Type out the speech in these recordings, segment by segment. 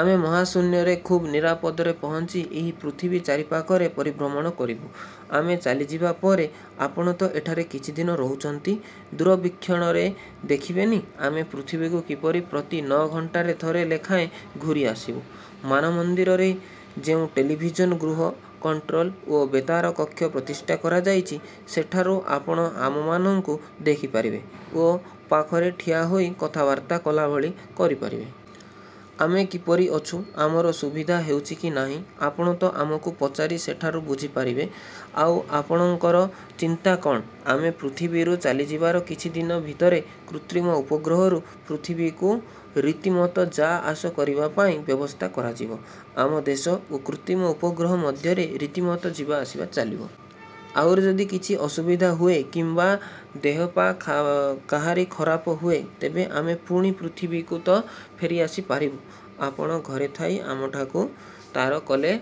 ଆମେ ମହାଶୂନ୍ୟରେ ଖୁବ୍ ନିରାପଦରେ ପହଞ୍ଚି ଏହି ପୃଥିବୀ ଚାରିପାଖରେ ପରିଭ୍ରମଣ କରିବୁ। ଆମେ ଚାଲିଯିବାପରେ ଆପଣ ତ ଏଠାରେ କିଛିଦିନ ରହୁଛନ୍ତି। ଦୂରବୀକ୍ଷଣରେ ଦେଖିବେନି ଆମେ ପୃଥିବୀକୁ କିପରି ପ୍ରତି ନଅ ଘଣ୍ଟାରେ ଥରେ ଲେଖାଏଁ ଘୂରିଆସିବୁ। ମାନମନ୍ଦିରରେ ଯେଉଁ ଟେଲିଭିଜନ ଗୃହ, କଣ୍ଟ୍ରୋଲ ଓ ବେତାର କକ୍ଷ ପ୍ରତିଷ୍ଠା କରାଯାଇଛି, ସେଠାରୁ ଆପଣ ଆମମାନଙ୍କୁ ଦେଖିପାରିବେ ଓ ପାଖରେ ଠିଆହୋଇ କଥାବାର୍ତ୍ତା କଲାଭଳି କରି ପାରିବେ। ଆମେ କିପରି ଅଛୁ, ଆମର ସୁବିଧା ହେଉଛି କି ନାହିଁ, ଆପଣ ତ ଆମକୁ ପଚାରି ସେଠାରୁ ବୁଝିପାରିବେ। ଆଉ ଆପଣଙ୍କର ଚିନ୍ତା କ'ଣ? ଆମେ ପୃଥିବୀରୁ ଚାଲିଯିବାର କିଛିଦିନ ଭିତରେ କୃତ୍ରିମ ଉପଗ୍ରହରୁ ପୃଥିବୀକୁ ରୀତିମତ ଯା-ଆସ କରିବା ପାଇଁ ବ୍ୟବସ୍ଥା କରାଯିବ। ଆମ ଦେଶ ଓ କୃତ୍ରିମ ଉପଗ୍ରହ ମଧ୍ୟରେ ରୀତିମତ ଯିବା-ଆସିବା ଚାଲିବ। ଆମର ଯଦି କିଛି ଅସୁବିଧା ହୁଏ କିମ୍ବା ଦେହପା କାହାରି ଖରାପ ହୁଏ, ତେବେ ଆମେ ପୁଣି ପୃଥିବୀକୁ ତ ଫେରିଆସି ପାରିବୁ। ଆପଣ ଘରେ ଥାଇ ଆମଠାକୁ ତାର କଲେ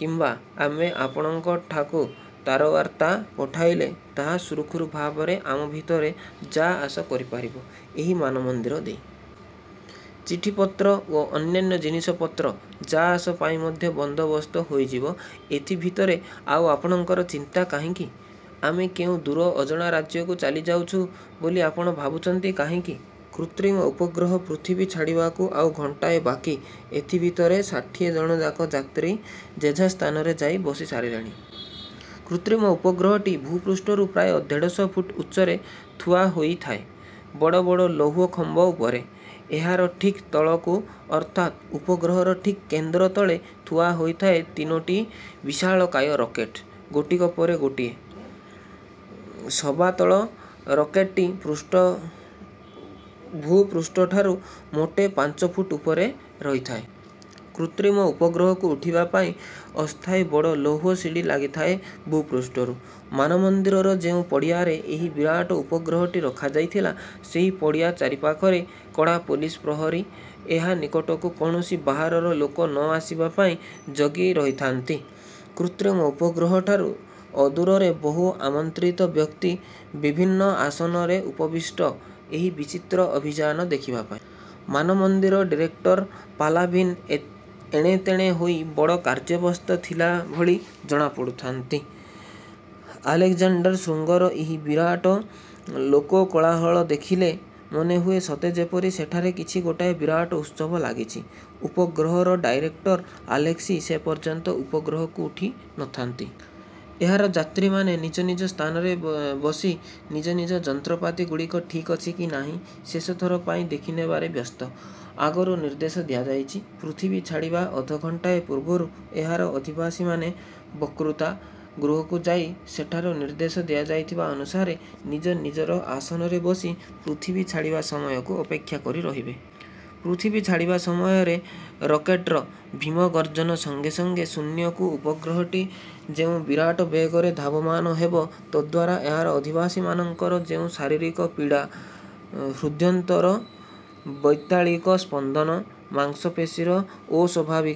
କିମ୍ବା ଆମେ ଆପଣଙ୍କଠାକୁ ତାରବର୍ତ୍ତା ପଠାଇଲେ ତାହା ସୁରୁଖୁରୁ ଭାବରେ ଆମ ଭିତରେ ଯା-ଆସ କରିପାରିବ ଏହି ମାନମନ୍ଦିର ଦେଇ। ଚିଠିପତ୍ର ଓ ଅନ୍ୟାନ୍ୟ ଜିନିଷପତ୍ର ଯା-ଆସ ପାଇଁ ମଧ୍ୟ ବନ୍ଦୋବସ୍ତ ହୋଇଯିବ ଏଥିଭିତରେ। ଆଉ ଆପଣଙ୍କର ଚିନ୍ତା କାହିଁକି? ଆମେ କେଉଁ ଦୂର ଅଜଣା ରାଜ୍ୟକୁ ଚାଲିଯାଉଛୁଁ ବୋଲି ଆପଣ ଭାବୁଛନ୍ତି କାହିଁକି? '' କୃତ୍ରିମ ଉପଗ୍ରହ ପୃଥିବୀ ଛାଡ଼ିବାକୁ ଆଉ ଘଣ୍ଟାଏ ବାକି। ଏଥିଭିତରେ ଷାଠିଏ ଜଣଯାକ ଯାତ୍ରୀ ଯେଝା ସ୍ଥାନରେ ଯାଇ ବସିସାରିଲେଣି। କୃତ୍ରିମ ଉପଗ୍ରହଟି ଭୂପୃଷ୍ଠରୁ ପ୍ରାୟ ଦେଢ଼ଶହ ଫୁଟ ଉଚ୍ଚରେ ଥୁଆହୋଇଥାଏ ବଡ଼ ବଡ଼ ଲୌହ ଖମ୍ବ ଉପରେ। ଏହାର ଠିକ୍ ତଳକୁ ଅର୍ଥାତ ଉପଗ୍ରହର ଠିକ୍ କେନ୍ଦ୍ର ତଳେ ଥୁଆ ହୋଇଥାଏ ତିନୋଟି ବିଶାଳକାୟ ରକେଟ୍, ଗୋଟିକ ପରେ ଗୋଟିଏ। ସବାତଳ ରକେଟ୍ଟି ଭୂପୃଷ୍ଠଠାରୁ ମୋଟେ ପାଞ୍ଚଫୁଟ ଉପରେ ରହିଥାଏ। କୃତ୍ରିମ ଉପଗ୍ରହକୁ ଉଠିବାପାଇଁ ଅସ୍ଥାୟୀ ବଡ଼ ଲୌହ ସିଡ଼ି ଲାଗିଥାଏ ଭୂପୃଷ୍ଠରୁ। ମାନମନ୍ଦିରର ଯେଉଁ ପଡ଼ିଆରେ ଏହି ବିରାଟ ଉପଗ୍ରହଟି ରଖାଯାଇଥିଲା, ସେହି ପଡ଼ିଆ ଚାରିପାଖରେ କଡ଼ା ପୋଲିସ ପ୍ରହରୀ ଏହା ନିକଟକୁ କୌଣସି ବାହାରର ଲୋକ ନ ଆସିବା ପାଇଁ ଜଗି ରହିଥାନ୍ତି। କୃତ୍ରିମ ଉପଗ୍ରହଠାରୁ ଅଦୂରରେ ବହୁ ଆମନ୍ତ୍ରିତ ବ୍ୟକ୍ତି ବିଭିନ୍ନ ଆସନରେ ଉପବିଷ୍ଟ, ଏହି ବିଚିତ୍ର ଅଭିଯାନ ଦେଖିବାପାଇଁ। ମାନମନ୍ଦିର ଡିରେକ୍ଟର ପାଲାଭିନ୍ ଏଣେତେଣେ ହୋଇ ବଡ଼ କାର୍ଯ୍ୟବ୍ୟସ୍ତ ଥିଲା ଭଳି ଜଣାପଡ଼ୁଥାନ୍ତି। ଆଲେକ୍ଜାଣ୍ଡର ଶୃଙ୍ଗର ଏହି ବିରାଟ ଲୋକକୋଳାହଳ ଦେଖିଲେ ମନେହୁଏ ସତେ ଯେପରି ସେଠାରେ କିଛି ଗୋଟାଏ ବିରାଟ ଉତ୍ସବ ଲାଗିଛି। ଉପଗ୍ରହର ଡାଇରେକ୍ଟର ଆଲେସ୍କି ସେ ପର୍ଯ୍ୟନ୍ତ ଉପଗ୍ରହକୁ ଉଠି ନ ଥାନ୍ତି। ଏହାର ଯାତ୍ରୀମାନେ ନିଜ ନିଜ ସ୍ଥାନରେ ବସି ନିଜ ନିଜ ଯନ୍ତ୍ରପାତିଗୁଡ଼ିକ ଠିକ୍ଅଛି କି ନାହିଁ, ଶେଷଥର ପାଇଁ ଦେଖିନେବାରେ ବ୍ୟସ୍ତ। ଆଗରୁ ନିର୍ଦ୍ଦେଶ ଦିଆଯାଇଛି, ପୃଥିବୀ ଛାଡ଼ିବା ଅଧଘଣ୍ଟାଏ ପୂର୍ବରୁ ଏହାର ଅଧିବାସୀମାନେ ବକ୍ତୃତା-ଗୃହକୁ ଯାଇ ସେଠାରୁ ନିର୍ଦ୍ଦେଶ ଦିଆଯାଉଥିବା ଅନୁସାରେ ନିଜ ନିଜର ଆସନରେ ବସି ପୃଥିବୀ ଛାଡ଼ିବା ସମୟକୁ ଅପେକ୍ଷା କରି ରହିବେ। ପୃଥିବୀ ଛାଡ଼ିବା ସମୟରେ ରକେଟ୍ର। ଭୀମ ଗର୍ଜ୍ଜନ ସଙ୍ଗେ ସଙ୍ଗେ ଶୂନ୍ୟକୁ ଉପଗ୍ରହଟି ଯେଉଁ ବିରାଟ ବେଗରେ ଧାବମାନ ହେବ, ତଦ୍ଦ୍ୱାରା ଏହାର ଅଧିବାସୀମାନଙ୍କର ଯେଉଁ ଶରୀରିକ ପୀଡ଼ା, ହୃଦ୍ଯନ୍ତ୍ରର ବୈତାଳିକ ସ୍ପନ୍ଦନ, ମାଂସପେଶୀର ଅସ୍ୱାଭାବିକ